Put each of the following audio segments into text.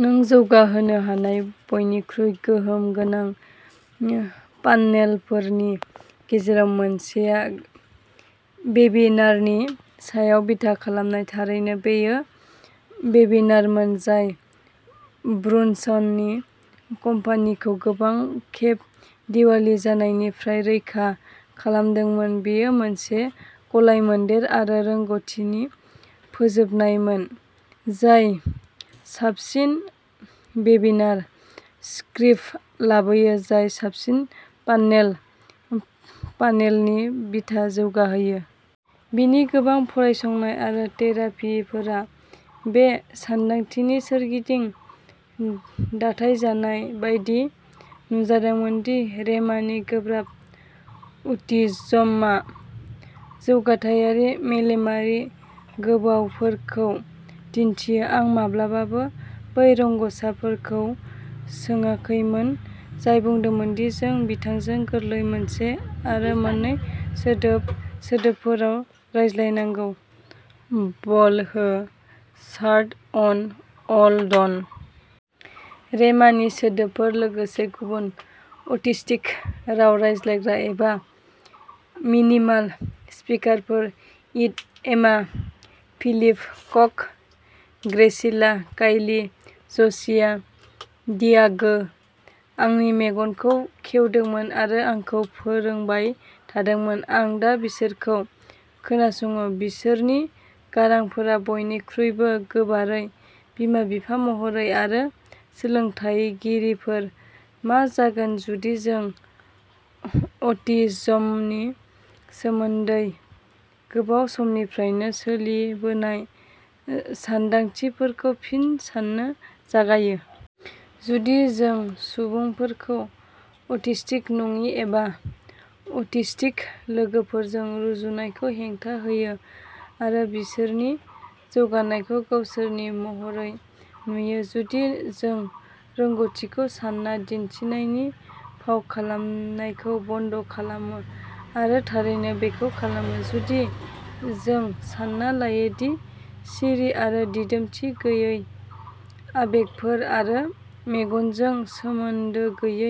नों जौगाहोनो हानाय बयनिख्रुइ गोहोम गोनां फान्नेलफोरनि गेजेराव मोनसेआ वेबिनारनि सायाव बिथा खालामनाय। थारैनो, बेयो वेबिनारमोन जाय ब्रुनसननि कम्पानिखौ गोबां खेब दिवालि जानायनिफ्राय रैखा खालामदोंमोन। बेयो मोनसे गलायमोनदेर आरो रोंग'थिनि फोजोबनायमोन जाय साबसिन वेबिनार स्क्रिप्ट लाबोयो, जाय साबसिन फान्नेल फानेलनि बिथा जौगाहोयो। बिनि गोबां फरायसंनाय आरो थेरापिफोरा बे सानदांथिनि सोरगिदिं दाथाइजानाय बायदि नुजादोंमोन दि रेमानि गोब्राब अटिज्मआ जौगाथायारि, मेलेमारि गोबावफोरखौ दिन्थियो। आं माब्लाबाबो बै रोंग'सारफोरखौ सोंाखैमोन जाय बुंदोंमोन दि जों बिथांजों गोरलै मोनसे आरो मोननै सोदोब सोदोबफोराव रायज्लायनांगौः "बल हो", "शार्ट अन", "अल डन"। रेमानि सोदोबफोर, लोगोसे गुबुन अटिस्टिक राव रायज्लायग्रा एबा मिनिमाल-स्पिकारफोर-इड', एमा, फिलिप, कक ', ग्रेसिला, कायली, ज'शिया, डियागो-आंनि मेगनखौ खेवदोंमोन आरो आंखौ फोरोंबाय थादोंमोन। आं दा बिसोरखौ खोनासङो, बिसोरनि गारांफोरा बयनिख्रुइबो गोबारै। बिमा-बिफा महरै आरो सोलोंथायगिरिफोर, मा जागोन जुदि जों अटिज्मनि सोमोन्दै गोबाव समनिफ्रायनो सोलिबोनाय सान्दांथिफोरखौ फिन साननो जागायो? जुदि जों सुबुंफोरखौ अटिस्टिक नङि एबा अटिस्टिक लोगोफोरजों रुजुनायखौ हेंथा होयो आरो बिसोरनि जौगानायखौ गावसोरनि महरै नुयो? जुदि जों रोंग'थिखौ सान्ना दिन्थिनायनि फाव खालामनायखौ बन्द'खालामो आरो थारैनो बेखौ खालामो? जुदि जों सान्ना लायो दि सिरि आरो दिदोमथि गैयै आबेगफोर आरो मेगनजों सोमोन्दो गैयै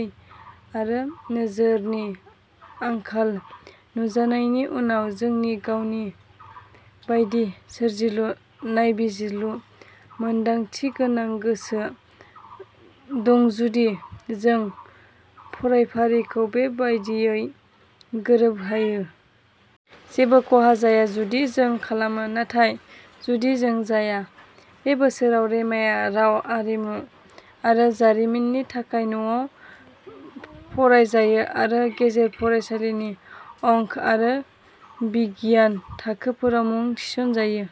आरो नोजोरनि आंखाल नुजानायनि उनाव, जोंनि गावनि बायदि सोरजिलु, नायबिजिरलु, मोनदांथिगोनां गोसो दंजुदि जों फरायफारिखौ बे बायदियै गोरोबहोयो? जेबो खहा जाया जुदि जों खालामो। नाथाय जुदि जों जाया? बे बोसोराव रेमाया राव आरिमु आरो जारिमिननि थाखाय न'आव फरायजायो आरो गेजेर फरायसालिनि अंक आरो बिगियान थाखोफोराव मुं थिसनजायो।